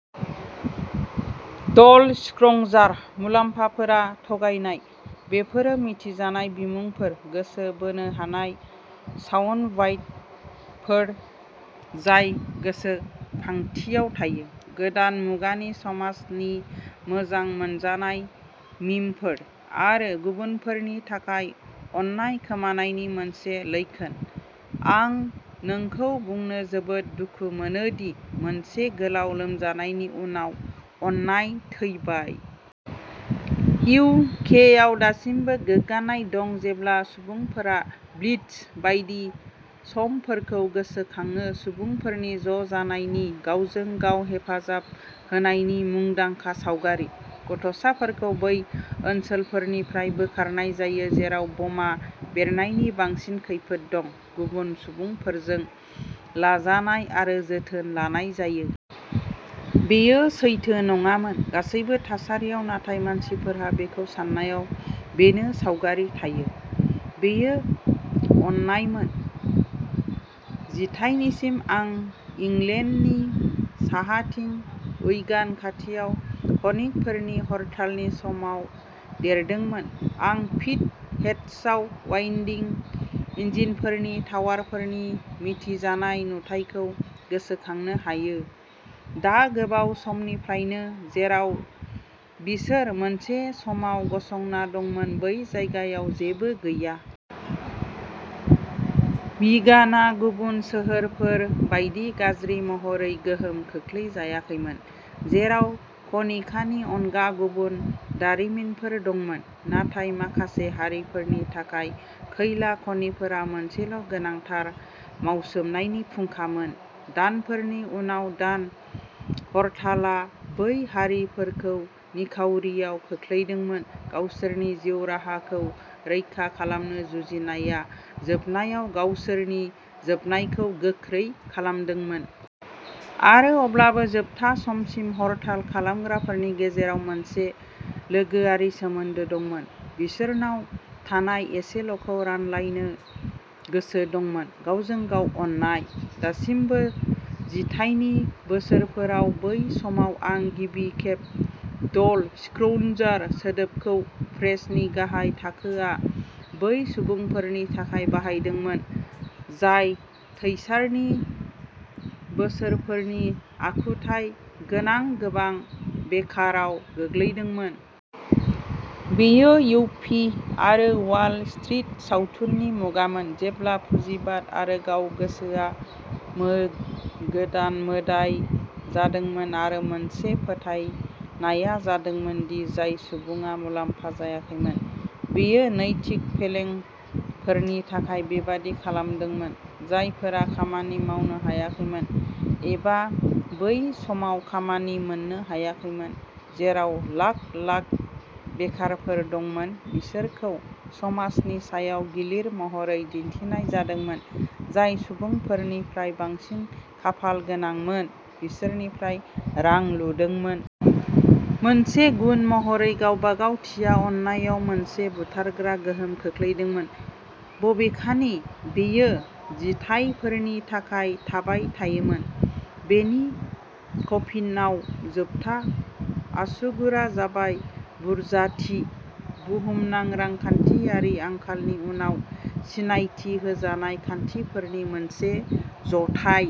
ड'ल स्क्रंजार। मुलाम्फाफोरा थगायनाय। बेफोरो मिथिजानाय बिमुंफोर, गोसो बोनो हानाय साउन्डबाइटफोर जाय गोसोखांथियाव थायो। गोदान मुगानि समाजनि मोजां मोनजानाय मीमफोर, आरो गुबुनफोरनि थाखाय अननाय खोमानायनि मोनसे लैखोन। आं नोंखौ बुंनो जोबोद दुखु मोनो दि मोनसे गोलाव लोमजानायनि उनाव अननाय थैबाय। इउ. के. आव दासिमबो गोग्गानाय दं जेब्ला सुबुंफोरा ब्लिट्ज बायदि समफोरखौ गोसोखांो। सुबुंफोरनि ज'जानायनि, गावजों गाव हेफाजाब होनायनि मुंदांखा सावगारि। गथ'साफोरखौ बै ओनसोलफोरनिफ्राय बोखारनाय जायो जेराव बमा बेरनायनि बांसिन खैफोद दं, गुबुन सुबुंफोरजों लाजानाय आरो जोथोन लानाय जायो। बेयो सैथो नङामोन। गासैबो थासारियाव, नाथाय मानसिफोरहा बेखौ सान्नायाव बेनो सावगारि थायो। बेयो अननायमोन। जिथाइनिसिमः आं इंलेन्डनि साहाथिं उइगान खाथियाव खनिकफोरनि हरतालनि समाव देरदोंमोन। आं पिट हेड्सआव वाइन्डिं इन्जिनफोरनि टावारफोरनि मिथिजानाय नुथायखौ गोसोखांनो हायो, दा गोबाव समनिफ्रायनो जेराव बिसोर मोनसे समाव गसंना दंमोन बै जायगायाव जेबो गैया। विगाना गुबुन सोहोरफोर बायदि गाज्रि महरै गोहोम खोख्लैजायाखैमोन, जेराव खनिकानि अनगा गुबुन दारिमिनफोर दंमोन। नाथाय माखासे हारिफोरनि थाखाय खैला खनिफोरा मोनसेल'गोनांथार मावसोमनायनि फुंखामोन। दानफोरनि उनाव दान हरतालआ बै हारिफोरखौ निखावरिआव खोख्लैदोंमोनः गावसोरनि जिउ राहाखौ रैखा खालामनो जुजिनायआ जोबनायाव गावसोरनि जोबनायखौ गोख्रै खालामदोंमोन। आरो अब्लाबो जोबथा समसिम हरताल खालामग्राफोरनि गेजेराव मोनसे लोगोआरि सोमोन्दो दंमोन, बिसोरनाव थानाय एसेल'खौ रानलायनो गोसो दंमोन, गावजों गाव अननाय। दासिमबो जिथाइनि बोसोरफोराव, बै समाव आं गिबि खेब "ड'ल स्क्रौन्जार" सोदोबखौ प्रेसनि गाहाय थाखोआ बै सुबुंफोरनि थाखाय बाहायदोंमोन, जाय थैचारनि बोसोरफोरनि आखुथाय गोनां गोबां बेकाराव गोग्लैदोंमोन। बेयो युप्पी आरो वाल स्ट्रीट सावथुननि मुगामोन, जेब्ला पुजिबाद आरो गाव-गोसोआ गोदान मोदाइ जादोंमोन आरो मोनसे फोथायनाया जादोंमोन दि जाय सुबुङा मुलाम्फा जायाखैमोन, बियो नैतिक फेलेंफोरनि थाखाय बेबादि खालामदोंमोन। जायफोरा खामानि मावनो हायाखैमोन, एबा बै समाव खामानि मोन्नो हायाखैमोन, जेराव लाख लाख बेकारफोर दंमोन, बिसोरखौ समाजनि सायाव गिलिर महरै दिन्थिनाय जादोंमोन, जाय सुबुंफोरनिफ्राय बांसिन खाफालगोनांमोन, बिसोरनिफ्राय रां लुदोंमोन। मोनसे गुन महरै गावबागावथिया अननायाव मोनसे बुथारग्रा गोहोम खोख्लैदोंमोन, बबेखानि बेयो जिथायफोरनि थाखाय थाबाय थायोमोन। बेनि कफिनआव जोबथा आसुगुरआ जाबाय बुरजाथि, बुहुमनां रांखान्थियारि आंखालनि उनाव सिनायथि होजानाय खान्थिफोरनि मोनसे जथाय।